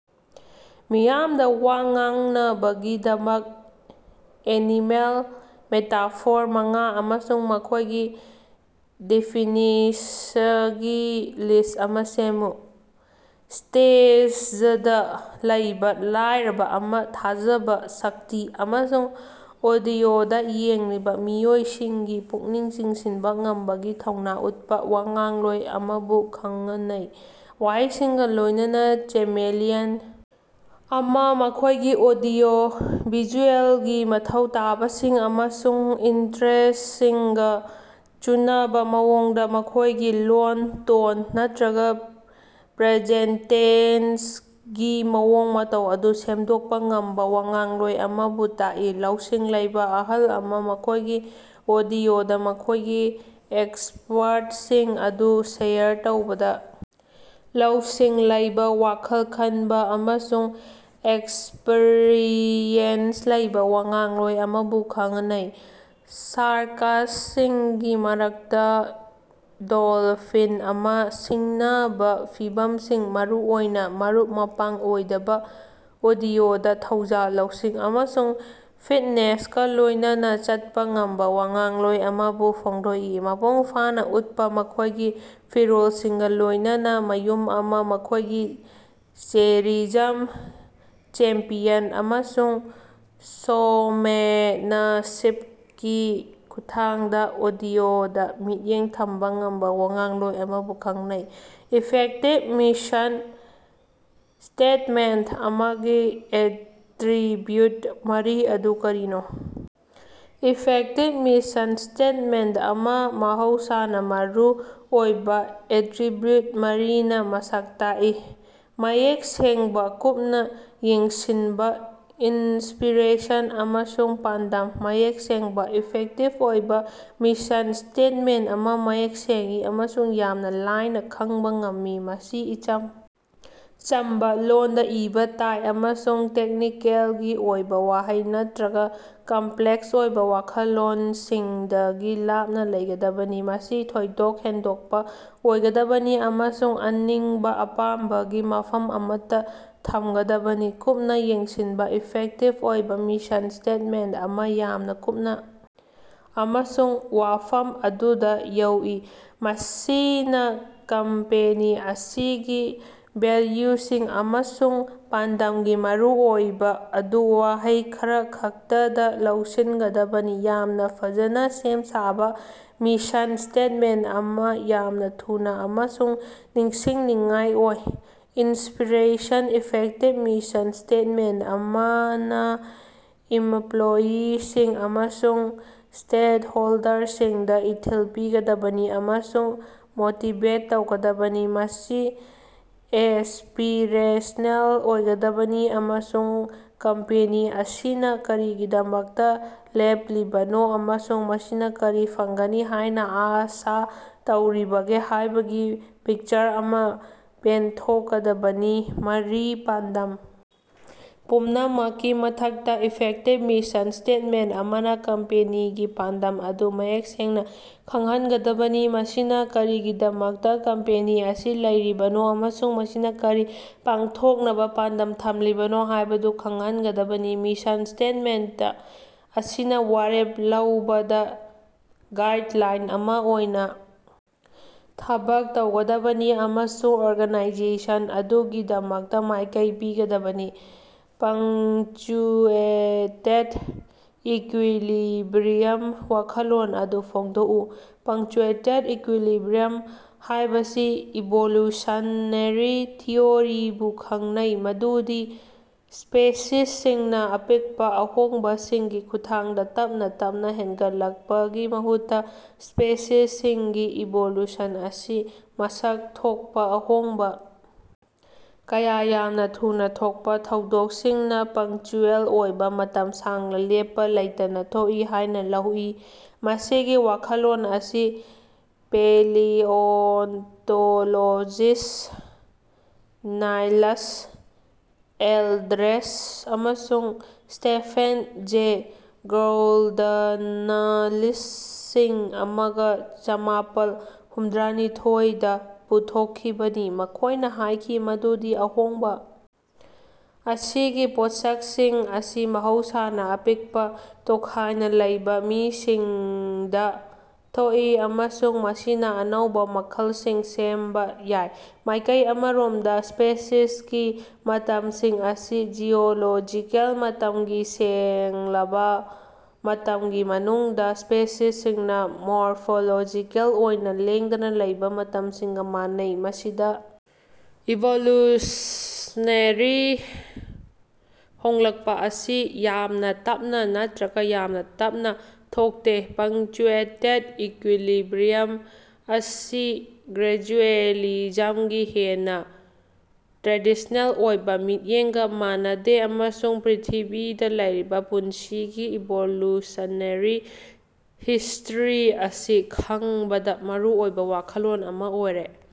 ꯃꯤꯌꯥꯝꯗ ꯋꯥ ꯉꯥꯡꯅꯕꯒꯤꯗꯃꯛ animal metaphor ꯃꯉꯥ ꯑꯃꯁꯨꯡ ꯃꯈꯣꯏꯒꯤ ꯗꯦꯐꯤꯅꯤꯁꯒꯤ ꯂꯤꯁ ꯑꯃ ꯁꯦꯝꯃꯨ꯫ "ꯁ꯭ꯇꯦꯖꯗꯥ ꯂꯩꯕ ꯂꯥꯏꯔꯕ ꯑꯃ" ꯊꯥꯖꯕ, ꯁꯛꯇꯤ ꯑꯃꯁꯨꯡ ꯑꯣꯗꯤꯑꯣꯗ ꯌꯦꯡꯂꯤꯕ ꯃꯤꯑꯣꯏꯁꯤꯡꯒꯤ ꯄꯨꯛꯅꯤꯡ ꯆꯤꯡꯁꯤꯟꯕ ꯉꯝꯕꯒꯤ ꯊꯧꯅ ꯎꯠꯄꯥ ꯋꯥꯉꯥꯡꯂꯣꯏ ꯑꯃꯕꯨ ꯈꯪꯅꯩ꯫ "ꯋꯥꯍꯩꯁꯤꯡꯒ ꯂꯣꯏꯅꯅꯥ ꯆꯦꯃꯦꯂꯤꯌꯟ ꯑꯃ" ꯃꯈꯣꯏꯒꯤ ꯑꯣꯗꯤꯑꯣ-ꯚꯤꯖꯨꯑꯦꯜꯒꯤ ꯃꯊꯧ ꯇꯥꯕꯁꯤꯡ ꯑꯃꯁꯨꯡ ꯏꯟꯇꯔꯦꯁ꯭ꯇꯁꯤꯡꯒ ꯆꯨꯅꯕꯥ ꯃꯑꯣꯡꯗ ꯃꯈꯣꯏꯒꯤ ꯂꯣꯟ, ꯇꯣꯟ ꯅꯠꯇꯔꯒ ꯄ꯭ꯔꯖꯦꯟꯇꯦꯁꯒꯤ ꯃꯑꯣꯡ ꯃꯇꯧ ꯑꯗꯨ ꯁꯦꯝꯗꯣꯛꯄꯥ ꯉꯝꯕꯥ ꯋꯥꯉꯥꯡꯂꯣꯏ ꯑꯃꯕꯨ ꯇꯥꯛꯏ꯫ "ꯂꯧꯁꯤꯡ ꯂꯩꯕ ꯑꯍꯜ ꯑꯃ" ꯃꯈꯣꯏꯒꯤ ꯑꯣꯗꯤꯑꯣꯗ ꯃꯈꯣꯏꯒꯤ ꯑꯦꯛꯁꯄꯔꯇꯁꯤꯡ ꯑꯗꯨ ꯁꯦꯌꯔ ꯇꯧꯕꯗ ꯂꯧꯁꯤꯡ ꯂꯩꯕꯥ, ꯋꯥꯈꯜ ꯈꯟꯕ ꯑꯃꯁꯨꯡ ꯑꯦꯛꯁꯄꯔꯤꯌꯦꯟꯁ ꯂꯩꯕ ꯋꯥꯉꯥꯡꯂꯣꯏ ꯑꯃꯕꯨ ꯈꯉꯅꯩ꯫ "ꯁꯥꯔꯀꯁꯁꯤꯡꯒꯤ ꯃꯔꯛꯇꯥ ꯗꯣꯂꯐꯤꯟ ꯑꯃ" ꯁꯤꯡꯅꯕ ꯐꯤꯚꯝꯁꯤꯡ, ꯃꯔꯨꯑꯣꯏꯅ ꯃꯔꯨꯞ-ꯃꯄꯥꯡ ꯑꯣꯏꯗꯕ ꯑꯣꯗꯤꯑꯣꯗ, ꯊꯧꯖꯥꯜ, ꯂꯧꯁꯤꯡ ꯑꯃꯁꯨꯡ ꯐꯤꯠꯅꯦꯁꯀꯥ ꯂꯣꯏꯅꯅꯥ ꯆꯠꯄꯥ ꯉꯝꯕ ꯋꯥꯉꯥꯡꯂꯣꯏ ꯑꯃꯕꯨ ꯐꯣꯡꯗꯣꯛꯏ꯫ ꯃꯄꯨꯡ ꯐꯥꯅ ꯎꯠꯄꯥ ꯃꯈꯣꯏꯒꯤ ꯐꯤꯔꯣꯜꯁꯤꯡꯒ ꯂꯣꯏꯅꯅꯥ ꯃꯌꯨꯝ ꯑꯃ" ꯃꯈꯣꯏꯒꯤ ꯆꯦꯔꯤꯖꯝ, ꯆꯦꯝꯄꯤꯌꯟ, ꯑꯃꯁꯨꯡ ꯁꯣꯃꯦꯅꯁꯤꯞꯀꯤ ꯈꯨꯠꯊꯥꯡꯗ ꯑꯣꯗꯤꯑꯣꯗ ꯃꯤꯠꯌꯦꯡ ꯊꯝꯕꯥ ꯉꯝꯕꯥ ꯋꯥꯉꯥꯡꯂꯣꯏ ꯑꯃꯕꯨ ꯈꯪꯅꯩ꯫ ꯏꯐꯦꯛꯇꯤꯕ ꯃꯤꯁꯟ ꯁ꯭ꯇꯦꯠꯃꯦꯟꯇ ꯑꯃꯒꯤ ꯑꯦꯇꯔꯤꯕ꯭ꯌꯨꯠ ꯃꯔꯤ ꯑꯗꯨ ꯀꯔꯤꯅꯣ? ꯏꯐꯦꯛꯇꯤꯕ ꯃꯤꯁꯟ ꯁ꯭ꯇꯦꯠꯃꯦꯟꯇ ꯑꯃ ꯃꯍꯧꯁꯥꯅ ꯃꯔꯨꯑꯣꯏꯕ ꯑꯦꯇꯔꯤꯕ꯭ꯌꯨꯠ ꯃꯔꯤꯅ ꯃꯁꯛ ꯇꯥꯛꯏ: ꯃꯌꯦꯛ ꯁꯦꯡꯕꯥ, ꯀꯨꯞꯅꯥ ꯌꯦꯡꯁꯤꯟꯕꯥ, ꯏꯟꯁꯄꯤꯔꯦꯁꯟ ꯑꯃꯁꯨꯡ ꯄꯥꯟꯗꯝ꯫ ꯃꯌꯦꯛ ꯁꯦꯡꯕꯥ: ꯏꯐꯦꯛꯇꯤꯕ ꯑꯣꯏꯕꯥ ꯃꯤꯁꯟ ꯁ꯭ꯇꯦꯠꯃꯦꯟꯇ ꯑꯃ ꯃꯌꯦꯛ ꯁꯦꯡꯏ ꯑꯃꯁꯨꯡ ꯌꯥꯝꯅ ꯂꯥꯏꯅ ꯈꯪꯕ ꯉꯝꯃꯤ꯫ ꯃꯁꯤ ꯏꯆꯝ ꯆꯝꯕꯥ ꯂꯣꯟꯗ ꯏꯕꯥ ꯇꯥꯏ ꯑꯃꯁꯨꯡ ꯇꯦꯛꯅꯤꯀꯦꯜꯒꯤ ꯑꯣꯏꯕ ꯋꯥꯍꯩ ꯅꯠꯇꯔꯒ ꯀꯝꯄꯂꯦꯛꯁ ꯑꯣꯏꯕ ꯋꯥꯈꯜꯂꯣꯟꯁꯤꯡꯗꯒꯤ ꯂꯥꯞꯅ ꯂꯩꯒꯗꯕꯅꯤ꯫ ꯃꯁꯤ ꯊꯣꯏꯗꯣꯛ ꯍꯦꯟꯗꯣꯛꯄ ꯑꯣꯏꯒꯗꯕꯅꯤ ꯑꯃꯁꯨꯡ ꯑꯅꯤꯡꯕꯥ ꯑꯄꯥꯝꯕꯒꯤ ꯃꯐꯝ ꯑꯃꯠꯇꯥ ꯊꯝꯒꯗꯕꯅꯤ꯫ ꯀꯨꯞꯅꯥ ꯌꯦꯡꯁꯤꯟꯕꯥ: ꯏꯐꯦꯛꯇꯤꯕ ꯑꯣꯏꯕꯥ ꯃꯤꯁꯟ ꯁ꯭ꯇꯦꯠꯃꯦꯟꯇ ꯑꯃ ꯌꯥꯝꯅ ꯀꯨꯞꯅꯥ ꯑꯃꯁꯨꯡ ꯋꯥꯐꯝ ꯑꯗꯨꯗ ꯌꯧꯏ꯫ ꯃꯁꯤꯅ ꯀꯝꯄꯦꯅꯤ ꯑꯁꯤꯒꯤ ꯚꯦꯜꯌꯨꯁꯤꯡ ꯑꯃꯁꯨꯡ ꯄꯥꯟꯗꯝꯒꯤ ꯃꯔꯨꯑꯣꯏꯕ ꯑꯗꯨ ꯋꯥꯍꯩ ꯈꯔꯈꯛꯇꯗ ꯂꯧꯁꯤꯟꯒꯗꯕꯅꯤ꯫ ꯌꯥꯝꯅ ꯐꯖꯅꯥ ꯁꯦꯝ ꯁꯥꯕ ꯃꯤꯁꯟ ꯁ꯭ꯇꯦꯠꯃꯦꯟꯇ ꯑꯃ ꯌꯥꯝꯅ ꯊꯨꯅꯥ ꯑꯃꯁꯨꯡ ꯅꯤꯡꯁꯤꯡꯅꯤꯡꯉꯥꯏ ꯑꯣꯏ꯫ ꯏꯟꯁꯄꯤꯔꯦꯁꯟ: ꯏꯐꯦꯛꯇꯤꯕ ꯃꯤꯁꯟ ꯁ꯭ꯇꯦꯠꯃꯦꯟꯇ ꯑꯃꯅ ꯏꯃꯄꯂꯣꯌꯤꯁꯤꯡ ꯑꯃꯁꯨꯡ ꯁ꯭ꯇꯦꯍꯣꯜꯗꯔꯁꯤꯡꯗ ꯏꯊꯤꯜ ꯄꯤꯒꯗꯕꯅꯤ ꯑꯃꯁꯨꯡ ꯃꯣꯇꯤꯕꯦꯠ ꯇꯧꯒꯗꯕꯅꯤ꯫ ꯃꯁꯤ ꯑꯦꯁ꯭ꯄꯤꯔꯦꯁꯅꯦꯜ ꯑꯣꯏꯒꯗꯕꯅꯤ ꯑꯃꯁꯨꯡ ꯀꯝꯄꯦꯅꯤ ꯑꯁꯤꯅ ꯀꯔꯤꯒꯤꯗꯃꯛꯇ ꯂꯦꯞꯂꯤꯕꯅꯣ, ꯑꯃꯁꯨꯡ ꯃꯁꯤꯅꯥ ꯀꯔꯤ ꯐꯪꯒꯅꯤ ꯍꯥꯏꯅ ꯑꯥꯁ ꯇꯧꯔꯤꯕꯒꯦ ꯍꯥꯏꯕꯒꯤ ꯄꯤꯛꯆꯔ ꯑꯃ ꯄꯦꯟꯊꯣꯛꯀꯗꯕꯅꯤ꯫ ꯃꯔꯤ. ꯄꯥꯟꯗꯝ ꯄꯨꯝꯅꯃꯛꯀꯤ ꯃꯊꯛꯇꯥ, ꯏꯐꯦꯛꯇꯤꯕ ꯃꯤꯁꯟ ꯁ꯭ꯇꯦꯠꯃꯦꯟꯇ ꯑꯃꯅ ꯀꯝꯄꯦꯅꯤꯒꯤ ꯄꯥꯟꯗꯝ ꯑꯗꯨ ꯃꯌꯦꯛ ꯁꯦꯡꯅꯥ ꯈꯪꯍꯟꯒꯗꯕꯅꯤ꯫ ꯃꯁꯤꯅ ꯀꯔꯤꯒꯤꯗꯃꯛꯇꯥ ꯀꯝꯄꯦꯅꯤ ꯑꯁꯤ ꯂꯩꯔꯤꯕꯅꯣ ꯑꯃꯁꯨꯡ ꯃꯁꯤꯅ ꯀꯔꯤ ꯄꯥꯡꯊꯣꯛꯅꯕ ꯄꯥꯟꯗꯝ ꯊꯝꯂꯤꯕꯅꯣ ꯍꯥꯏꯕꯗꯨ ꯈꯪꯍꯟꯒꯗꯕꯅꯤ꯫ ꯃꯤꯁꯟ ꯁ꯭ꯇꯦꯠꯃꯦꯟꯇ ꯑꯁꯤꯅ ꯋꯥꯔꯦꯞ ꯂꯧꯕꯗ ꯒꯥꯏꯗꯂꯥꯏꯟ ꯑꯃ ꯑꯣꯏꯅ ꯊꯕꯛ ꯇꯧꯒꯗꯕꯅꯤ ꯑꯃꯁꯨꯡ ꯑꯣꯔꯒꯥꯅꯥꯏꯖꯦꯁꯟ ꯑꯗꯨꯒꯤꯗꯃꯛꯇ ꯃꯥꯏꯀꯩ ꯄꯤꯒꯗꯕꯅꯤ꯫ ꯄꯪꯆ꯭ꯌꯨꯑꯦꯇꯦꯠ ꯏꯀꯌꯨꯂꯤꯕꯔꯤꯌꯝ ꯋꯥꯈꯜꯂꯣꯟ ꯑꯗꯨ ꯐꯣꯡꯗꯣꯛꯎ꯫ ꯄꯪꯆ꯭ꯌꯨꯑꯦꯇꯦꯠ ꯏꯀꯌꯨꯂꯤꯕꯤꯌꯝ ꯍꯥꯏꯕꯁꯤ ꯏꯚꯣꯂꯨꯁꯟꯅꯦꯔꯤ ꯊꯤꯑꯣꯔꯤꯕꯨ ꯈꯪꯅꯩ ꯃꯗꯨꯗꯤ ꯁ꯭ꯄꯦꯁꯤꯁꯁꯤꯡꯅꯥ ꯑꯄꯤꯛꯄꯥ ꯑꯍꯣꯡꯕꯁꯤꯡꯒꯤ ꯈꯨꯠꯊꯥꯡꯗ ꯇꯞꯅꯥ ꯇꯞꯅꯥ ꯍꯦꯟꯒꯠꯂꯛꯄꯒꯤ ꯃꯍꯨꯠꯇꯥ, ꯁ꯭ꯄꯦꯁꯤꯁꯁꯤꯡꯒꯤ ꯏꯚꯣꯂꯨꯁꯟ ꯑꯁꯤ ꯃꯁꯛ ꯊꯣꯛꯄꯥ ꯑꯍꯣꯡꯕꯥ ꯀꯌꯥ ꯌꯥꯝꯅ ꯊꯨꯅ ꯊꯣꯛꯄꯥ ꯊꯧꯗꯣꯛꯁꯤꯡꯅ ꯄꯪꯆ꯭ꯌꯨꯑꯦꯜ ꯑꯣꯏꯕ ꯃꯇꯝ ꯁꯥꯡꯅ ꯂꯦꯞꯄꯥ ꯂꯩꯇꯅ ꯊꯣꯛꯏ ꯍꯥꯏꯅ ꯂꯧꯏ꯫ ꯃꯁꯤꯒꯤ ꯋꯥꯈꯜꯂꯣꯟ ꯑꯁꯤ ꯄꯦꯂꯤꯑꯣꯟꯇꯣꯂꯣꯖꯤꯁ꯭ꯠ ꯅꯥꯏꯂꯁ ꯑꯦꯜꯗ꯭ꯔꯦꯖ ꯑꯃꯁꯨꯡ ꯁ꯭ꯇꯦꯐꯦꯟ ꯖꯦ ꯒꯧꯜꯗꯅꯂꯤꯁꯤꯡ ꯑꯃꯒ ꯆꯃꯥꯄꯜ ꯍꯨꯝꯗ꯭ꯔꯥꯅꯤꯊ‌ꯣꯏ ꯗꯥ ꯄꯨꯊꯣꯛꯈꯤꯕꯅꯤ, ꯃꯈꯣꯏꯅ ꯍꯥꯏꯈꯤ ꯃꯗꯨꯗꯤ ꯑꯍꯣꯡꯕ ꯑꯁꯤꯒꯤ ꯄꯣꯠꯁꯛꯁꯤꯡ ꯑꯁꯤ ꯃꯍꯧꯁꯥꯅ ꯑꯄꯤꯛꯄ, ꯇꯣꯈꯥꯏꯅ ꯂꯩꯕ ꯃꯤꯁꯤꯡꯗ ꯊꯣꯛꯏ ꯑꯃꯁꯨꯡ ꯃꯁꯤꯅꯥ ꯑꯅꯧꯕꯥ ꯃꯈꯜꯁꯤꯡ ꯁꯦꯝꯕꯥ ꯌꯥꯏ꯫ ꯃꯥꯏꯀꯩ ꯑꯃꯔꯣꯝꯗꯥ, ꯁ꯭ꯄꯦꯁꯤꯁꯀꯤ ꯃꯇꯝꯁꯤꯡ ꯑꯁꯤ ꯖꯤꯑꯣꯂꯣꯖꯤꯀꯦꯜ ꯃꯇꯝꯒꯤ ꯁꯥꯡꯂꯕꯥ ꯃꯇꯝꯒꯤ ꯃꯅꯨꯡꯗꯥ ꯁ꯭ꯄꯦꯁꯤꯁꯁꯤꯡꯅ ꯃꯣꯔꯐꯣꯂꯣꯖꯤꯀꯦꯜ ꯑꯣꯏꯅꯥ ꯂꯦꯡꯗꯅꯥ ꯂꯩꯕ ꯃꯇꯝꯁꯤꯡꯒ ꯃꯥꯟꯅꯩ, ꯃꯁꯤꯗ ꯏꯚꯣꯂꯨꯁꯅꯦꯔꯤ ꯍꯣꯡꯂꯛꯄꯥ ꯑꯁꯤ ꯌꯥꯝꯅ ꯇꯞꯅꯥ ꯅꯠꯇꯔꯒ ꯌꯥꯝꯅ ꯇꯞꯅꯥ ꯊꯣꯛꯇꯦ꯫ ꯄꯪꯆ꯭ꯌꯨꯑꯦꯇꯦꯠ ꯏꯀꯌꯨꯂꯤꯕꯔꯤꯌꯝ ꯑꯁꯤ ꯒ꯭ꯔꯦꯖꯨꯑꯦꯂꯤꯖꯝꯒꯤ ꯍꯦꯟꯅꯥ ꯇ꯭ꯔꯦꯗꯤꯁ꯭ꯅꯦꯜ ꯑꯣꯏꯕ ꯃꯤꯠꯌꯦꯡꯒ ꯃꯥꯟꯅꯗꯦ ꯑꯃꯁꯨꯡ ꯄ꯭ꯔ꯭ꯤꯊꯤꯕꯤꯗ ꯂꯩꯔꯤꯕ ꯄꯨꯟꯁꯤꯒꯤ ꯏꯚꯣꯂꯨꯁꯅꯦꯔꯤ ꯍꯤꯁ꯭ꯇꯔꯤ ꯑꯁꯤ ꯈꯪꯕꯗ ꯃꯔꯨꯑꯣꯏꯕ ꯋꯥꯈꯜꯂꯣꯟ ꯑꯃ ꯑꯣꯏꯔꯦ꯫